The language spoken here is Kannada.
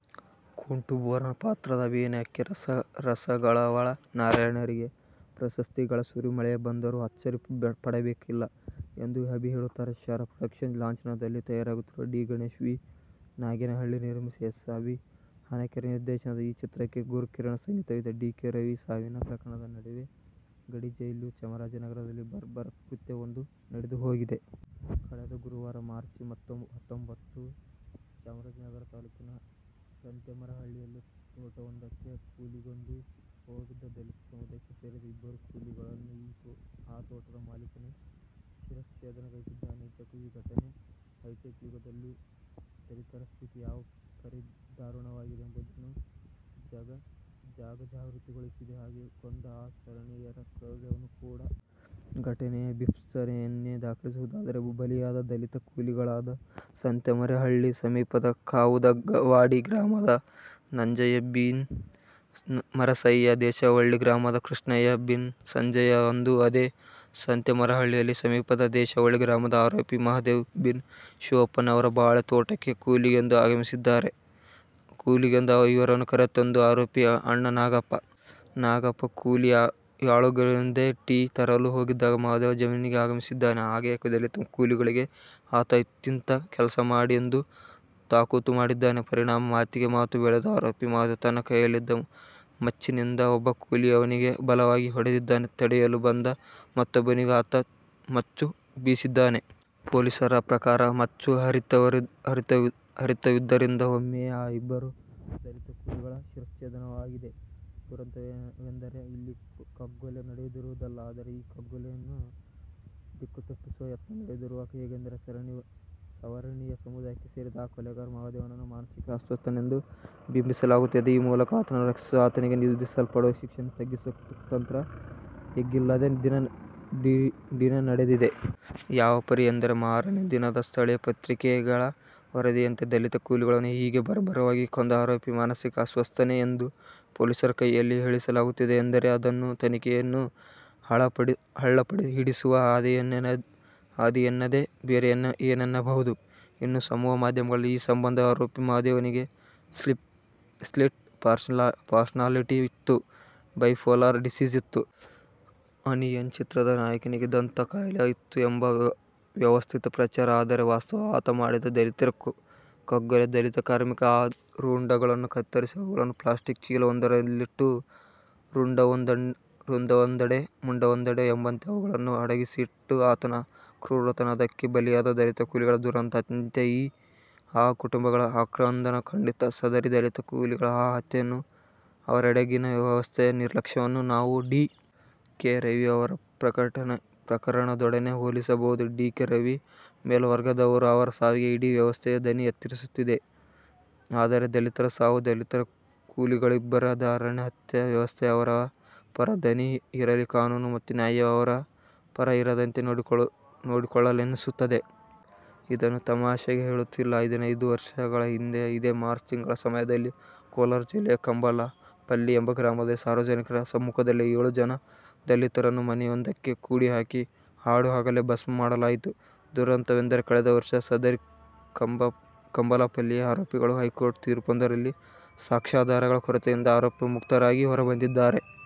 ಕುಂಟು ಬೋರನ ಪಾತ್ರದ ಅಭಿನಯಕ್ಕೆ ರಸಗವಳ ನಾರಾಯಣರಿಗೆ ಪ್ರಶಸ್ತಿಗಳ ಸುರಿಮಳೆಯೇ ಬಂದರೂ ಅಚ್ಚರಿ ಪಡಬೇಕಿಲ್ಲ ಎಂದು ಅಭಿಹೇಳುತ್ತಾರೆ. ಶರ ಪ್ರೊಡಕ್ಷನ್ಸ್ ಲಾಂಛನದಲ್ಲಿ ತಯಾರಾಗುತ್ತಿರುವ ಡಿ. ಗಣೇಶ್ ವಿ ನಾಗೇನಹಳ್ಳಿ ನಿರ್ಮಿಸಿ ಎಸ್ ಅಭಿ ಹನಕೆರೆ ನಿರ್ದೇಶನದ ಈ ಚಿತ್ರಕ್ಕೆ ಗುರುಕಿರಣ್ ಸಂಗೀತವಿದೆ. ಡಿ. ಕೆ. ರವಿ ಸಾವಿನ ಪ್ರಕರಣದ ನಡುವೆಯೇ ಗಡಿ ಜಿಲ್ಲೆ ಚಾಮರಾಜನಗರದಲ್ಲಿ ಬರ್ಬರ ಕೃತ್ಯವೊಂದು ನಡೆದುಹೋಗಿದೆ. ಕಳೆದ ಗುರುವಾರ ಮಾರ್ಚಿ ಹತ್ತೊಂಬತ್ತು, ಚಾಮರಾಜನಗರ ತಾಲ್ಲೂಕಿನ ಸಂತೆಮರಹಳ್ಳಿಯಲ್ಲಿ ತೋಟವೊಂದಕ್ಕೆ ಕೂಲಿಗೆಂದು ಹೋಗಿದ್ದ ದಲಿತ ಸಮುದಾಯಕ್ಕೆ ಸೇರಿದ ಇಬ್ಬರು ಕೂಲಿಗಳನ್ನು ಆ ತೋಟದ ಮಾಲೀಕನೇ ಶಿರಚ್ಛೇಧಗೈದಿದ್ದಾನೆ. ನಿಜಕ್ಕೂ ಈ ಘಟನೆ ಹೈಟೆಕ್ ಯುಗದಲ್ಲೂ ದಲಿತರ ಸ್ಥಿತಿ ಯಾವ ಪರಿ ದಾರುಣವಾಗಿದೆ ಎಂಬುದನ್ನು ಜಗಜ್ಜಾಹೀರುಗೊಳಿಸಿದೆ ಹಾಗೆಯೇ ಕೊಂದ ಆ ಸವರ್ಣೀಯನ ಕ್ರೌರ್ಯವನ್ನೂ ಕೂಡ. ಘಟನೆಯ ಭೀಭತ್ಸತೆಯನ್ನೇ ದಾಖಲಿಸುವುದಾದರೆ ಬಲಿಯಾದ ದಲಿತ ಕೂಲಿಗಳಾದ ಸಂತೆಮರಹಳ್ಳಿ ಸಮೀಪದ ಕಾವುದವಾಡಿ ಗ್ರಾಮದ ನಂಜಯ್ಯ ಬಿನ್ ಮರಸಯ್ಯ, ದೇಶವಳ್ಳಿ ಗ್ರಾಮದ ಕೃಷ್ಣಯ್ಯ ಬಿನ್ ನಂಜಯ್ಯ ಅಂದು ಅದೇ ಸಂತೇಮರಹಳ್ಳಿ ಸಮೀಪದ ದೇಶವಳ್ಳಿ ಗ್ರಾಮದ ಆರೋಪಿ ಮಹದೇವ ಬಿನ್ ಶಿವಪ್ಪನವರ ಬಾಳೆ ತೋಟಕ್ಕೆ ಕೂಲಿಗೆಂದು ಆಗಮಿಸಿದ್ದಾರೆ. ಕೂಲಿಗೆಂದು ಇವರನ್ನು ಕರೆತಂದದ್ದು ಆರೋಪಿಯ ಅಣ್ಣ ನಾಗಪ್ಪ. ನಾಗಪ್ಪ ಕೂಲಿಯಾಳುಗಳಿಗೆಂದು ಟೀ ತರಲು ಹೋಗಿದ್ದಾಗ ಮಹದೇವ ಜಮೀನಿಗೆ ಆಗಮಿಸಿದ್ದಾನೆ ಹಾಗೆಯೇ ದಲಿತ ಕೂಲಿಗಳಿಗೆ ಆತ ಇಂತಿಂಥ ಕೆಲಸ ಮಾಡಿ ಎಂದು ತಾಕೀತುಮಾಡಿದ್ದಾನೆ. ಪರಿಣಾಮ ಮಾತಿಗೆ ಮಾತು ಬೆಳೆದು ಆರೋಪಿ ಮಹದೇವ ತನ್ನ ಕೈಯಲ್ಲಿದ್ದ ಮಚ್ಚಿನಿಂದ ಒಬ್ಬ ಕೂಲಿಯವನಿಗೆ ಬಲವಾಗಿ ಹೊಡೆದಿದ್ದಾನೆ ತಡೆಯಲು ಬಂದ ಮತ್ತೊಬ್ಬನಿಗೂ ಆತ ಮಚ್ಚು ಬೀಸಿದ್ದಾನೆ. ಪೊಲೀಸರ ಪ್ರಕಾರ ಮಚ್ಚು ಹರಿತವಿದ್ದರಿಂದ ಒಮ್ಮೆಯೇ ಆ ಇಬ್ಬರು ದಲಿತ ಕೂಲಿಗಳ ಶಿರಚ್ಛೇಧನವಾಗಿದೆ. ದುರಂತವೆಂದರೆ ಇಲ್ಲಿ ಕಗ್ಗೊಲೆ ನಡೆದಿರುವುದಲ್ಲ, ಆದರೆ ಆ ಕಗ್ಗೊಲೆಯನ್ನು ದಿಕ್ಕುತಪ್ಪಿಸುವ ಯತ್ನ ನಡೆದಿರುವುದು. ಹೇಗೆಂದರೆ ಸವರ್ಣೀಯ ಸಮುದಾಯಕ್ಕೆ ಸೇರಿದ ಆ ಕೊಲೆಗಾರ ಮಹದೇವನನ್ನು ಮಾನಸಿಕ ಅಸ್ವಸ್ಥನೆಂದು ಬಿಂಬಿಸಲಾಗುತ್ತಿದೆ. ಆ ಮೂಲಕ ಆತನನ್ನು ರಕ್ಷಿಸುವ, ಆತನಿಗೆ ವಿಧಿಸಲ್ಪಡುವ ಶಿಕ್ಷೆಯನ್ನು ತಗ್ಗಿಸುವ ಕುತಂತ್ರ ಎಗ್ಗಿಲ್ಲದೆ ಡಿನಡೆದಿದೆ. ಯಾವ ಪರಿ ಎಂದರೆ ಮಾರನೇ ದಿನದ ಸ್ಥಳೀಯ ಪತ್ರಿಕೆಗಳ ವರದಿಯಂತೆ ದಲಿತ ಕೂಲಿಗಳನ್ನು ಹೀಗೆ ಬರ್ಬರವಾಗಿ ಕೊಂದ "ಆರೋಪಿ ಮಾನಸಿಕ ಅಸ್ವಸ್ಥನೇ? " ಎಂದು ಪೊಲೀಸರ ಕೈಯಲ್ಲಿ ಹೇಳಿಸಲಾಗುತ್ತದೆಯೆಂದರೆ ಅದನ್ನು ತನಿಖೆಯನ್ನು ಹಳ್ಳಹಿಡಿಸುವ ಹಾದಿಯೆನ್ನದೆ ಬೇರೇನೆನ್ನಬಹುದು. ಇನ್ನು ಸಮೂಹ ಮಾಧ್ಯಮಗಳಲ್ಲಿ ಈ ಸಂಬಂಧ ಆರೋಪಿ ಮಹದೇವನಿಗೆ 'ಸ್ಪ್ಲಿಟ್ ಪರ್ಸನಾಲಿಟಿ' ಇತ್ತು, 'ಬೈಪೋಲಾರ್ ಡಿಸೀಸ್' ಇತ್ತು. 'ಅನ್ನಿಯನ್' ಚಿತ್ರದ ನಾಯಕನಿಗೆ ಇದ್ದಂತಹ ಕಾಯಿಲೆ ಇತ್ತು ಎಂಬ ವ್ಯವಸ್ಥಿತ ಪ್ರಚಾರ. ಆದರೆ ವಾಸ್ತವ ಆತ ಮಾಡಿದ ದಲಿತರ ಕಗ್ಗೊಲೆ ದಲಿತ ಕಾರ್ಮಿಕರ ಆ ರುಂಡಗಳನ್ನು ಕತ್ತರಿಸಿ ಅವುಗಳನ್ನು ಪ್ಲಾಸ್ಟಿಕ್ ಚೀಲವೊಂದರಲ್ಲಿಟ್ಟು ರುಂಡವೊಂದೆಡೆ ಮುಂಡವೊಂದೆಡೆ ಎಂಬಂತೆ ಅವುಗಳನ್ನು ಅಡಗಿಸಿ ಇಟ್ಟ ಆತನ ಕ್ರೂರತನ, ಅದಕ್ಕೆ ಬಲಿಯಾದ ದಲಿತ ಕೂಲಿಗಳ ದುರಂತ ಅಂತ್ಯ, ಆ ಕುಟುಂಬಗಳ ಆಕ್ರಂಧನ ಖಂಡಿತ, ಸದರಿ ದಲಿತ ಕೂಲಿಗಳ ಈ ಹತ್ಯೆಯನ್ನು ಅವರೆಡೆಗಿನ ವ್ಯವಸ್ಥೆಯ ನಿರ್ಲಕ್ಷ್ಯವನ್ನು ನಾವು ಡಿ. ಕೆ. ರವಿಯವರ ಪ್ರಕರಣದೊಡನೆ ಹೋಲಿಸಬಹುದು. ಡಿ. ಕೆ. ರವಿ ಮೇಲ್ವರ್ಗದವರು ಅವರ ಸಾವಿಗೆ ಇಡೀ ವ್ಯವಸ್ಥೆಯೇ ದನಿ ಎತ್ತರಿಸುತ್ತದೆ. ಆದರೆ ದಲಿತರ ಸಾವು? ದಲಿತ ಕೂಲಿಗಳಿಬ್ಬರ ದಾರುಣ ಹತ್ಯೆ? ವ್ಯವಸ್ಥೆ ಅವರ ಪರ ದನಿ ಇರಲಿ, ಕಾನೂನು ಮತ್ತು ನ್ಯಾಯವೇ ಅವರ ಪರ ಇರದಂತೆ ನೋಡಿಕೊಳ್ಳಲೆತ್ನಿಸುತ್ತದೆ. ಇದನ್ನು ತಮಾಷೆಗೆ ಹೇಳುತ್ತಿಲ್ಲ. ಹದಿನೈದು ವರ್ಷಗಳ ಹಿಂದೆ ಇದೇ ಮಾರ್ಚ್ ತಿಂಗಳ ಸಮಯದಲ್ಲಿ ಕೋಲಾರ ಜಿಲ್ಲೆಯ ಕಂಬಾಲಪಲ್ಲಿ ಎಂಬ ಗ್ರಾಮದಲ್ಲಿ ಸಾರ್ವಜನಿಕರ ಸಮ್ಮುಖದಲ್ಲೇ ಏಳು ಜನ ದಲಿತರನ್ನು ಮನೆಯೊಂದಕ್ಕೆ ಕೂಡಿಹಾಕಿ ಹಾಡಹಗಲೇ ಭಸ್ಮಮಾಡಲಾಯಿತು. ದುರಂತವೆಂದರೆ ಕಳೆದ ವರ್ಷ ಸದರಿ ಕಂಬಾಲಪಲ್ಲಿಯ ಆರೋಪಿಗಳು ಹೈಕೋರ್ಟ್ ತೀರ್ಪೊಂದರಲ್ಲಿ ಸಾಕ್ಷ್ಯಾಧಾರಗಳ ಕೊರತೆಯಿಂದ ಆರೋಪಮುಕ್ತರಾಗಿ ಹೊರಬಂದಿದ್ದಾರೆ.